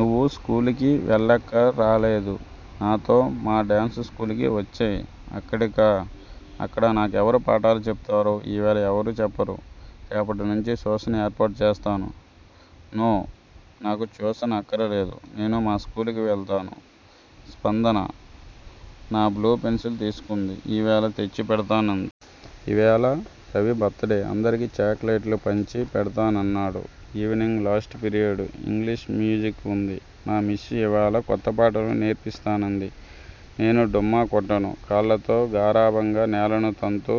నువు స్కూలుకి వెళ్ళక్కరాలేదు. నాతో మాడాన్సు స్కూలుకి వచ్చేయి. అక్కడికా! అక్కడ నాకెవరు పాటాలు చెప్తారు? ఇవాళ ఎవరూ చెప్పరు. రేపటినుంచి ట్యుషన్ ఏర్పాటు చేస్తాను. నో నాకు ట్యుషను అక్కరలేదు. నేను మా స్కూలుకు వెళ్తాను. స్పందన నా బ్లూ పెన్సిలు తీసుకుంది. ఇవాళ తెచ్చి పెడ్తానంది. ఇవాళ రవి బర్త్ డే అందరికి చాక్లెట్లు పంచి పెడ్తానన్నాడు. Evening last period English music వుంది. మా మిస్ యివాళ కొత్త పాటలు నేర్పిస్తానంది. నేను డుమ్మా కొట్టను. కాళ్ళతో గారాబంగా నేలను తంతూ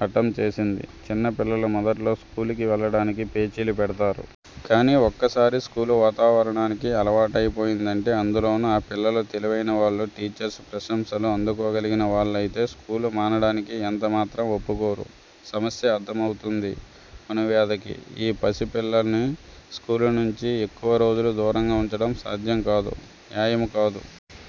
హటం చేసింది. చిన్నపిలలు మొదట్లో స్కూలుకి వెళ్ళడానికి పేచీలు పెడ్తారు. కాని ఒక్కసారి స్కూలు వాతావరణానికి అలావాటైపోయిందంటే అందులోను ఆ పిల్లలు తెలివైన వాళ్ళు టీచర్స్ ప్రశంసలు అందుకోగలిగిన వాళ్ళయితే స్కూలు మానడానికి యెంత మాత్రం వొప్పుకోరు. సమస్య అర్ధమౌతుంది అణువేదకి. ఈ పసిపిల్లని స్కూలు నించి ఎక్కువ రోజులు దూరంగా వుంచడం సాధ్యం కాదు. న్యాయము కాదు.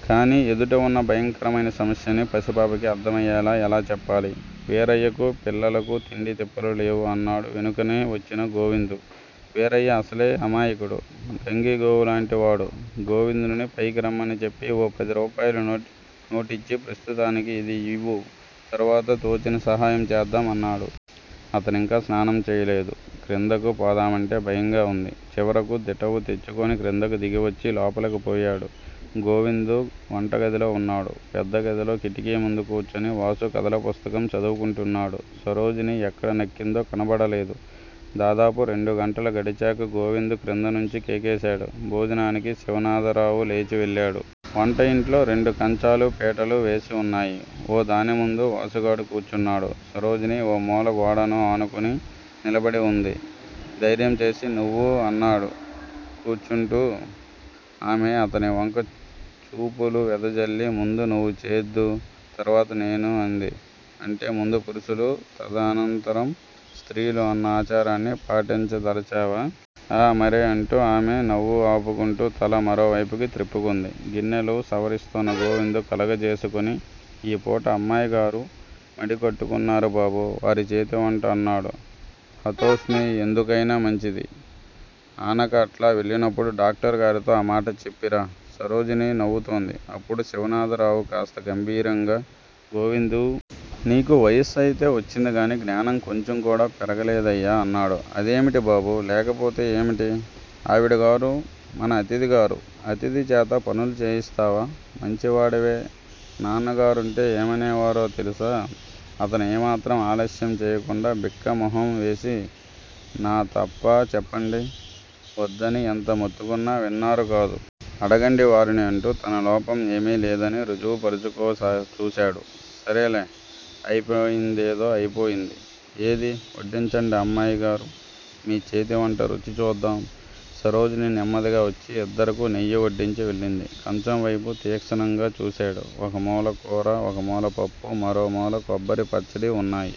కాని ఎదుట వున్న భయంకరమైన సమస్యని పసిపాపకి అర్ధమయ్యేలా ఎలా చెప్పాలి? వీరయ్యకూ, పిల్లలకూ తిండీతిప్పలు లేవు అన్నాడు వెనుకనే వచ్చిన గోవిందు. వీరయ్య అసలే అమాయకుడు, గంగిగోవులాంటివాడు గోవిందును పైకి రమ్మని చెప్పి, ఓ పదిరూపాయల నోటిచ్చి ప్రస్తుతానికి యిది యివ్వు తర్వాత తోచిన సహాయం చేద్దాం అన్నాడు. అతనింకా స్నానం చేయలేదు. క్రిందకు పోదామంటే భయంగా వుంది. చివరకు దిటవు తెచ్చుకుని క్రిందకు దిగివచ్చి, లోపలకు పోయాడు. గోవిందు వంటగదిలో వున్నాడు. పెద్దగదిలో కిటికీముందు కూర్చుని వాసు కథలపుస్తకం చదువుకుంటున్నాడు. సరోజిని ఎక్కడ నక్కిందో కనబడలేదు. దాదాపు రెండుగంటలు గడిచాక గోవిందు క్రిందనుంచి కేకేశాడు భోజనానికి శివనాథరావు లేచివెళ్ళాడు. వంటయింట్లో రెండు కంచాలూ, పీటలూ వేసివున్నాయి. ఓ దానిముందు వాసుగాడు కూర్చున్నాడు. సరోజిని ఓ మూల గోడను ఆనుకుని నిలబడివుంది ధైర్యం చేసి. నువ్వూ? అన్నాడు కూర్చుంటూ. ఆమె అతనివంక చూపులు వెదజల్లి ముందు నువ్వు చేద్దూ, తర్వాత నేను అంది. అంటే ముందు పురుషులు, తదనంతరం స్త్రీలు అన్న ఆచారాన్ని పాటించదలచావా? ఆఁ మరే అంటూ ఆమె నవ్వు ఆపుకుంటూ తల మరోవైపుకి త్రిప్పుకుంది. గిన్నెలు సవరిస్తోన్న గోవిందు కలుగజేసుకొని ఈ పూట అమ్మాయిగారు మడికట్టుకున్నారు బాబూ వారి చేతివంట అన్నాడు. హతోస్మి! ఎందుకైనా మంచిది, ఆనక అట్లా వెళ్ళినప్పుడు డాక్టరుగారితో ఆమాట చెప్పిరా. సరోజిని నవ్వుతోంది. అప్పుడు శివనాథరావు కాస్త గంభీరంగా గోవిందూ! నీకు వయస్సయితే వచ్చిందిగానీ జ్ఞానం కొంచెంకూడా పెరగలేదయ్యా అన్నాడు. అదేమిటి బాబూ? లేకపోతే ఏమిటి? ఆవిడగారు మన అతిధిగారు అతిథిచేత పనులు చేయిస్తావా? మంచివాడివే నాన్నగారుంటే ఏమనేవారో తెలుసా? అతను ఏమాత్రం ఆలస్యం చెయ్యకుండా బిక్కమొహం వేసి నా తప్పా చెప్పండి? వద్దని ఎంత మొత్తుకున్నా విన్నారు కాదు. అడగండి వారిని అంటూ తన లోపం ఏమీలేదని రుజువు పరచుకోచూశాడు. సరేలే అయిపోయిందేదో అయిపోయింది. ఏదీ? వడ్డించండి అమ్మాయిగారూ మీ చేతివంట రుచిచూద్దాం. సరోజిని నెమ్మదిగా వచ్చి యిద్దరకూ నెయ్యి వడ్డించి వెళ్ళింది. కంచంవైపు తీక్షణంగా చూశాడు. ఒకమూల కూర, ఒకమూల పప్పు, మరోమూల కొబ్బరి పచ్చడీ వున్నాయి.